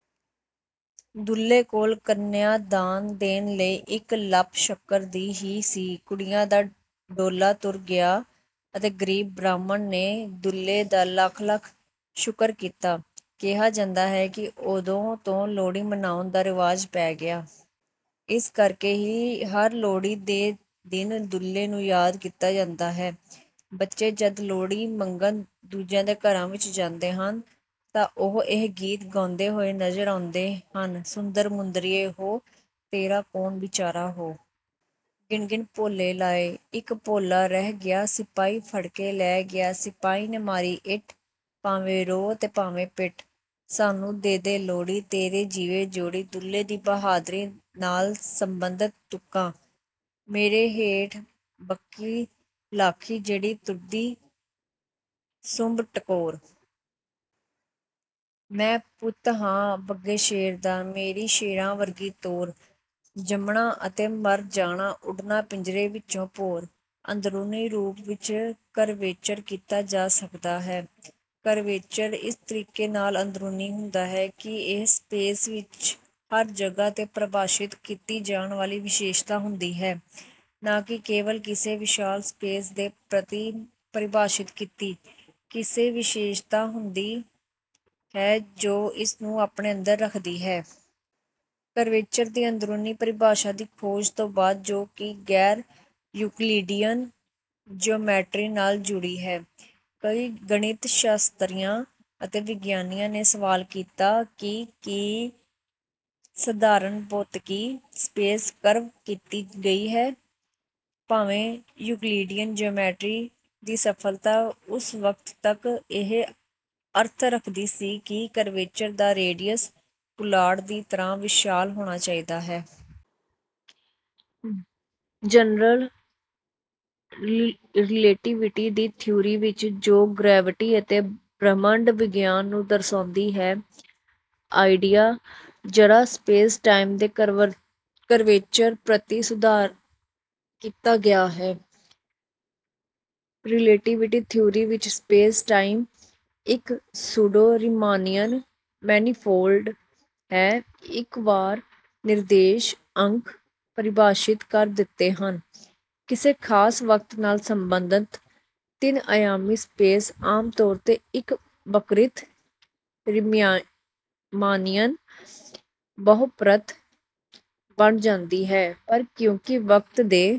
ਦੁੱਲੇ ਕੋਲ ਕੰਨਿਆ-ਦਾਨ ਦੇਣ ਲਈ ਇੱਕ ਲੱਪ ਸ਼ੱਕਰ ਦੀ ਹੀ ਸੀ। ਕੁੜੀਆਂ ਦਾ ਡੋਲਾ ਤੁਰ ਗਿਆ ਅਤੇ ਗ਼ਰੀਬ ਬ੍ਰਾਹਮਣ ਨੇ ਦੁੱਲੇ ਦਾ ਲੱਖ-ਲੱਖ ਸ਼ੁਕਰ ਕੀਤਾ। ਕਿਹਾ ਜਾਂਦਾ ਹੈ ਕਿ ਉਦੋਂ ਤੋਂ ਲੋਹੜੀ ਮਨਾਉਣ ਦਾ ਰਿਵਾਜ਼ ਪੈ ਗਿਆ। ਇਸ ਕਰਕੇ ਹੀ ਹਰ ਲੋਹੜੀ ਦੇ ਦਿਨ ਦੁੱਲੇ ਨੂੰ ਯਾਦ ਕੀਤਾ ਜਾਂਦਾ ਹੈ। ਬੱਚੇ ਜਦ ਲੋਹੜੀ ਮੰਗਣ ਦੂਜਿਆਂ ਦੇ ਘਰਾਂ ਵਿੱਚ ਜਾਂਦੇ ਹਨ ਤਾਂ ਉਹ ਇਹ ਗੀਤ ਗਾਉਂਦੇ ਹੋਏ ਨਜ਼ਰ ਆਉਂਦੇ ਹਨ - ਸੁੰਦਰ ਮੁੰਦਰੀਏ ਹੋ, ਤੇਰਾ ਕੌਣ ਵਿਚਾਰਾ ਹੋ। ਗਿਣ-ਗਿਣ ਪੌਲੇ ਲਾਏ, ਇੱਕ ਭੋਲ਼ਾ ਰਹਿ ਗਿਆ। ਸਿਪਾਹੀ ਫੜ ਕੇ ਲੈ ਗਿਆ, ਸਿਪਾਹੀ ਨੇ ਮਾਰੀ ਇੱਟ। ਭਾਵੇਂ ਰੋ 'ਤੇ ਭਾਵੇਂ ਪਿੱਟ, ਸਾਨੂੰ ਦੇ ਦੇ ਲੋਹੜੀ, ਤੇਰੀ ਜੀਵੇ ਜੋੜੀ। ਦੁੱਲੇ ਦੀ ਬਹਾਦਰੀ ਨਾਲ ਸਬੰਧਤ ਤੁਕਾਂ - ਮੇਰੇ ਹੇਠ ਬੱਕੀ ਲਾਖੀ, ਜਿਹੜੀ ਟੁਰਦੀ ਸੁੰਬ ਟਕੋਰ। ਮੈਂ ਪੁੱਤ ਹਾਂ ਬੱਗੇ ਸ਼ੇਰ ਦਾ, ਮੇਰੀ ਸ਼ੇਰਾਂ ਵਰਗੀ ਤੋਰ। ਜੰਮਣਾ ਅਤੇ ਮਰ ਜਾਣਾ, ਉੱਡਣਾ ਪਿੰਜਰੇ ਵਿੱਚੋਂ ਭੌਰ। ਅੰਦਰੂਨੀ ਰੂਪ ਵਿੱਚ ਕਰਵੇਚਰ ਕੀਤਾ ਜਾ ਸਕਦਾ ਹੈ। ਕਰਵੇਚਰ ਇਸ ਤਰੀਕੇ ਨਾਲ ਅੰਦਰੂਨੀ ਹੁੰਦਾ ਹੈ ਕਿ ਇਹ ਸਪੇਸ ਵਿੱਚ ਹਰ ਜਗ੍ਹਾ 'ਤੇ ਪਰਿਭਾਸ਼ਿਤ ਕੀਤੀ ਜਾਣ ਵਾਲੀ ਵਿਸ਼ੇਸ਼ਤਾ ਹੁੰਦੀ ਹੈ, ਨਾ ਕਿ ਕੇਵਲ ਕਿਸੇ ਵਿਸ਼ਾਲ ਸਪੇਸ ਦੇ ਪ੍ਰਤੀ ਪਰਿਭਾਸ਼ਿਤ ਕੀਤੀ ਕਿਸੇ ਵਿਸ਼ੇਸ਼ਤਾ ਹੁੰਦੀ ਹੈ ਜੋ ਇਸਨੂੰ ਆਪਣੇ ਅੰਦਰ ਰੱਖਦੀ ਹੈ। ਕਰਵੇਚਰ ਦੀ ਅੰਦਰੂਨੀ ਪਰਿਭਾਸ਼ਾ ਦੀ ਖੋਜ ਤੋਂ ਬਾਅਦ, ਜੋ ਕਿ ਗੈਰ-ਯੂਕਲਿਡੀਅਨ ਜੀਓਮੈਟਰੀ ਨਾਲ ਜੁੜੀ ਹੈ, ਕਈ ਗਣਿਤ ਸ਼ਾਸਤਰੀਆਂ ਅਤੇ ਵਿਗਿਆਨੀਆਂ ਨੇ ਸਵਾਲ ਕੀਤਾ ਕਿ ਕੀ ਸਧਾਰਨ ਭੌਤਿਕੀ ਸਪੇਸ ਕਰਵ ਕੀਤੀ ਗਈ ਹੈ, ਭਾਵੇਂ ਯੂਕਲਿਡੀਅਨ ਜੀਓਮੈਟਰੀ ਦੀ ਸਫਲਤਾ ਉਸ ਵਕਤ ਤੱਕ ਇਹ ਅਰਥ ਰੱਖਦੀ ਸੀ ਕਿ ਕਰਵੇਚਰ ਦਾ ਰੇਡੀਅਸ ਪੁਲਾੜ ਦੀ ਤਰ੍ਹਾਂ ਵਿਸ਼ਾਲ ਹੋਣਾ ਚਾਹੀਦਾ ਹੈ। ਜਨਰਲ ਰੀਲੇਟੀਵਿਟੀ ਦੀ ਥਿਊਰੀ ਵਿੱਚ, ਜੋ ਗਰੈਵਿਟੀ ਅਤੇ ਬ੍ਰਹਿਮੰਡ ਵਿਗਿਆਨ ਨੂੰ ਦਰਸਾਉਂਦੀ ਹੈ, ਆਈਡੀਆ ਜ਼ਰਾ ਸਪੇਸ-ਟਾਈਮ ਦੇ ਕਰਵੇਚਰ ਪ੍ਰਤੀ ਸਧਾਰਨ ਕੀਤਾ ਗਿਆ ਹੈ। ਰੀਲੇਟੀਵਿਟੀ ਥਿਊਰੀ ਵਿੱਚ, ਸਪੇਸ-ਟਾਈਮ ਇੱਕ ਸੂਡੋ-ਰੀਮਾਨੀਅਨ ਮੈਨੀਫੋਲਡ ਹੈ। ਇੱਕ ਵਾਰ ਨਿਰਦੇਸ਼ ਅੰਕ ਪਰਿਭਾਸ਼ਿਤ ਕਰ ਦਿੱਤੇ ਹਨ, ਕਿਸੇ ਖਾਸ ਵਕਤ ਨਾਲ ਸਬੰਧਤ ਤਿੰਨ-ਅਯਾਮੀ ਸਪੇਸ ਆਮ ਤੌਰ 'ਤੇ ਇੱਕ ਵਕਰਿਤ ਰੀਮਾਨੀਅਨ ਬਹੁਪਰਤ ਬਣ ਜਾਂਦੀ ਹੈ। ਪਰ ਕਿਉਂਕਿ ਵਕਤ ਦੇ